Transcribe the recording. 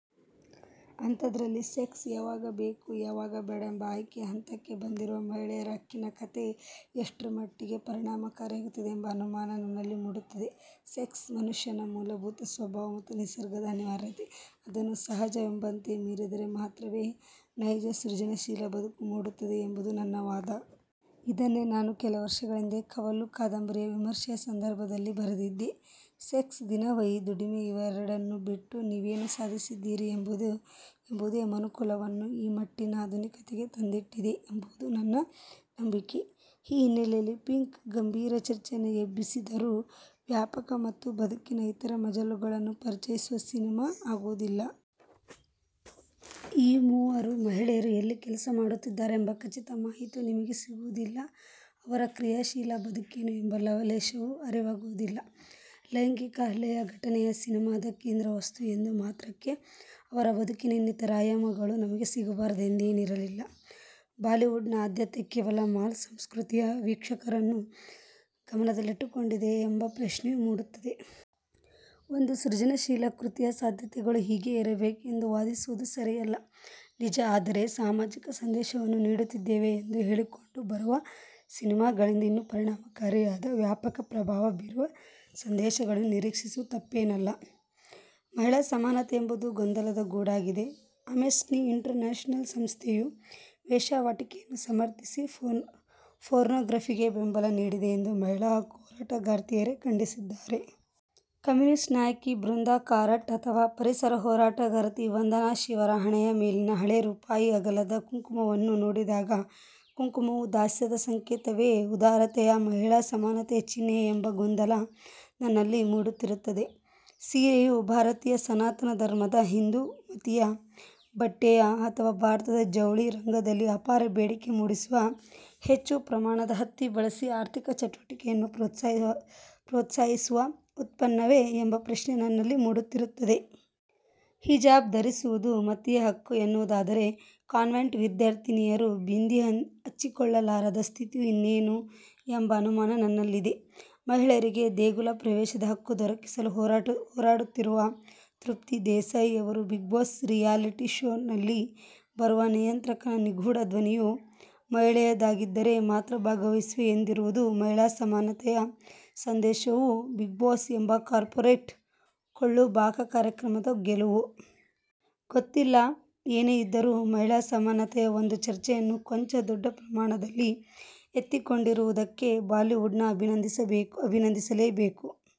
ಅಂಥದ್ದರಲ್ಲಿ sex ಯಾವಾಗ ಬೇಕು, ಯಾವಾಗ ಬೇಡ' ಎಂಬ ಆಯ್ಕೆಯ ಹಂತಕ್ಕೆ ಬಂದಿರುವ ಮಹಿಳೆಯರ ಹಕ್ಕಿನ ಕಥೆ ಎಷ್ಟರಮಟ್ಟಿಗೆ ಪರಿಣಾಮಕಾರಿಯಾಗುತ್ತದೆ ಎಂಬ ಅನುಮಾನ ನನ್ನಲ್ಲಿ ಮೂಡುತ್ತದೆ. ಸೆಕ್ಸ್ ಮನುಷ್ಯನ ಮೂಲಭೂತ ಸ್ವಭಾವ ಮತ್ತು ನಿಸರ್ಗದ ಅನಿವಾರ್ಯತೆ. ಅದನ್ನು ಸಹಜವೆಂಬಂತೆ ಮೀರಿದರೆ ಮಾತ್ರವೇ ನೈಜ-ಸೃಜನಶೀಲ ಬದುಕು ಮೂಡುತ್ತದೆ ಎಂಬುದು ನನ್ನ ವಾದ. ಇದನ್ನೇ ನಾನು ಕೆಲವರ್ಷಗಳ ಹಿಂದೆ ಕವಲು' ಕಾದಂಬರಿಯ ವಿಮರ್ಶೆಯ ಸಂದರ್ಭದಲ್ಲಿ ಬರೆದಿದ್ದೆ. ಸೆಕ್ಸ್-ದಿನವಹಿ ದುಡಿಮೆ ಇವೆರಡನ್ನೂ ಬಿಟ್ಟು ನೀವೇನು ಸಾಧಿಸಿದ್ದೀರಿ ಎಂಬುದೇ ಮನುಕುಲವನ್ನು ಈ ಮಟ್ಟಿನ ಆಧುನಿಕತೆಗೆ ತಂದಿಟ್ಟಿದೆ ಎಂಬುದು ನನ್ನ ನಂಬಿಕೆ. ಈ ಹಿನ್ನೆಲೆಯಲ್ಲಿ ಪಿಂಕ್' ಗಂಭೀರ ಚರ್ಚೆಯನ್ನು ಎಬ್ಬಿಸಿದ್ದರೂ, ವ್ಯಾಪಕ ಮತ್ತು ಬದುಕಿನ ಇತರೆ ಮಜಲುಗಳನ್ನು ಪರಿಚಯಿಸುವ ಸಿನೆಮಾ ಆಗುವುದಿಲ್ಲ. ಈ ಮೂವರೂ ಮಹಿಳೆಯರು ಎಲ್ಲಿ ಕೆಲಸ ಮಾಡುತ್ತಿದ್ದಾರೆ ಎಂಬ ಖಚಿತ ಮಾಹಿತಿಯೂ ನಿಮಗೆ ಸಿಗುವುದಿಲ್ಲ. ಅವರ ಕ್ರಿಯಾಶೀಲ ಬದುಕೇನು ಎಂಬ ಲವಲೇಶವೂ ಅರಿವಾಗುವುದಿಲ್ಲ. ಲೈಂಗಿಕ ಹಲ್ಲೆಯ ಘಟನೆಯೇ ಸಿನೆಮಾದ ಕೇಂದ್ರ ವಸ್ತು ಎಂದ ಮಾತ್ರಕ್ಕೆ ಅವರ ಬದುಕಿನ ಇನ್ನಿತರೆ ಆಯಾಮಗಳು ನಮಗೆ ಸಿಗಬಾರದು ಎಂದೇನಿರಲಿಲ್ಲ. ಬಾಲಿವುಡ್ನ ಆದ್ಯತೆ ಕೇವಲ ಮಾಲ್ ಸಂಸ್ಕೃತಿಯ ವೀಕ್ಷಕರನ್ನು ಗಮನದಲ್ಲಿಟ್ಟುಕೊಂಡಿದೆಯೇ ಎಂಬ ಪ್ರಶ್ನೆಯೂ ಮೂಡುತ್ತದೆ. ಒಂದು ಸೃಜನಶೀಲ ಕೃತಿಯ ಸಾಧ್ಯತೆಗಳು ಹೀಗೆಯೇ ಇರಬೇಕು ಎಂದು ವಾದಿಸುವುದು ಸರಿಯಲ್ಲ, ನಿಜ. ಆದರೆ ಸಾಮಾಜಿಕ ಸಂದೇಶವನ್ನೇ ನೀಡುತ್ತಿದ್ದೇವೆ ಎಂದು ಹೇಳಿಕೊಂಡು ಬರುವ ಸಿನೆಮಾಗಳಿಂದ ಇನ್ನೂ ಪರಿಣಾಮಕಾರಿಯಾದ, ವ್ಯಾಪಕ ಪ್ರಭಾವ ಬೀರುವ ಸಂದೇಶಗಳನ್ನು ನಿರೀಕ್ಷಿಸುವುದು ತಪ್ಪೇನಲ್ಲ. ಮಹಿಳಾ ಸಮಾನತೆ ಎಂಬುದು ಗೊಂದಲದ ಗೂಡಾಗಿದೆ. ಆಮ್ನೆಸ್ಟಿ ಇಂಟರ್ ನ್ಯಾಶನಲ್ ಸಂಸ್ಥೆಯು ವೇಶ್ಯಾವಾಟಿಕೆಯನ್ನು ಸಮರ್ಥಿಸಿ ಪೋರ್ನೋಗ್ರಫಿಗೆ ಬೆಂಬಲ ನೀಡಿದೆ ಎಂದು ಮಹಿಳಾ ಹಕ್ಕು ಹೋರಾಟಗಾರ್ತಿಯರೇ ಖಂಡಿಸಿದ್ದಾರೆ. ಕಮ್ಯುನಿಸ್ಟ್ ನಾಯಕಿ ಬೃಂದಾ ಕಾರಟ್ ಅಥವಾ ಪರಿಸರ ಹೋರಾಟಗಾರ್ತಿ ವಂದನಾ ಶಿವರ ಹಣೆಯ ಮೇಲಿನ ಹಳೆ ರೂಪಾಯಿ ಅಗಲದ ಕುಂಕುಮವನ್ನು ನೋಡಿದಾಗ ಕುಂಕುಮವು ದಾಸ್ಯದ ಸಂಕೇತವೆ, ಉದಾರತೆಯ, ಮಹಿಳಾ ಸಮಾನತೆಯ ಚಿಹ್ನೆಯೆ ಎಂಬ ಗೊಂದಲ ನನ್ನಲ್ಲಿ ಮೂಡುತ್ತಿರುತ್ತದೆ! ಸೀರೆಯು ಭಾರತೀಯ ಸನಾತನ ಧರ್ಮದ, ಹಿಂದೂ ಮತೀಯ ಬಟ್ಟೆಯೆ ಅಥವಾ ಭಾರತದ ಜವುಳಿ ರಂಗದಲ್ಲಿ ಅಪಾರ ಬೇಡಿಕೆ ಮೂಡಿಸುವ, ಹೆಚ್ಚು ಪ್ರಮಾಣದ ಹತ್ತಿ ಬಳಸಿ ಆರ್ಥಿಕ ಚಟುವಟಿಕೆಯನ್ನು ಪ್ರೋತ್ಸಾಹಿಸುವ ಉತ್ಪನ್ನವೆ ಎಂಬ ಪ್ರಶ್ನೆ ನನ್ನಲ್ಲಿ ಮೂಡುತ್ತಿರುತ್ತದೆ. ಹಿಜಾಬ್ ಧರಿಸುವುದು ಮತೀಯ ಹಕ್ಕು ಎನ್ನುವುದಾದರೆ ಕಾನ್ವೆಂಟ್ ವಿದ್ಯಾರ್ಥಿನಿಯರು ಬಿಂದಿ ಹಚ್ಚಿಕೊಳ್ಳಲಾರದ ಸ್ಥಿತಿಯು ಇನ್ನೇನು ಎಂಬ ಅನುಮಾನ ನನ್ನಲ್ಲಿದೆ. ಮಹಿಳೆಯರಿಗೆ ದೇಗುಲ ಪ್ರವೇಶದ ಹಕ್ಕು ದೊರಕಿಸಲು ಹೋರಾಡುತ್ತಿರುವ ತೃಪ್ತಿ ದೇಸಾಯಿಯವರು ಬಿಗ್ ಬಾಸ್' ರಿಯಾಲಿಟಿ ಶೋನಲ್ಲಿ ಬರುವ ನಿಯಂತ್ರಕನ ನಿಗೂಢ ಧ್ವನಿಯು ಮಹಿಳೆಯದಾಗಿದ್ದರೆ ಮಾತ್ರ ಭಾಗವಹಿಸುವೆ ಎಂದಿರುವುದು ಮಹಿಳಾ ಸಮಾನತೆಯ ಸಂದೇಶವೋ, ಬಿಗ್ ಬಾಸ್' ಎಂಬ ಕಾರ್ಪೋರೇಟ್ ಕೊಳ್ಳುಬಾಕ ಕಾರ್ಯಕ್ರಮದ ಗೆಲುವೋ? ಗೊತ್ತಿಲ್ಲ! ಏನೇ ಇದ್ದರೂ, ಮಹಿಳಾ ಸಮಾನತೆಯ ಒಂದು ಚರ್ಚೆಯನ್ನು ಕೊಂಚ ದೊಡ್ಡ ಪ್ರಮಾಣದಲ್ಲಿ ಎತ್ತಿಕೊಂಡಿರುವುದಕ್ಕೆ ಬಾಲಿವುಡ್ನ ಅಭಿನಂದಿಸಲೇಬೇಕು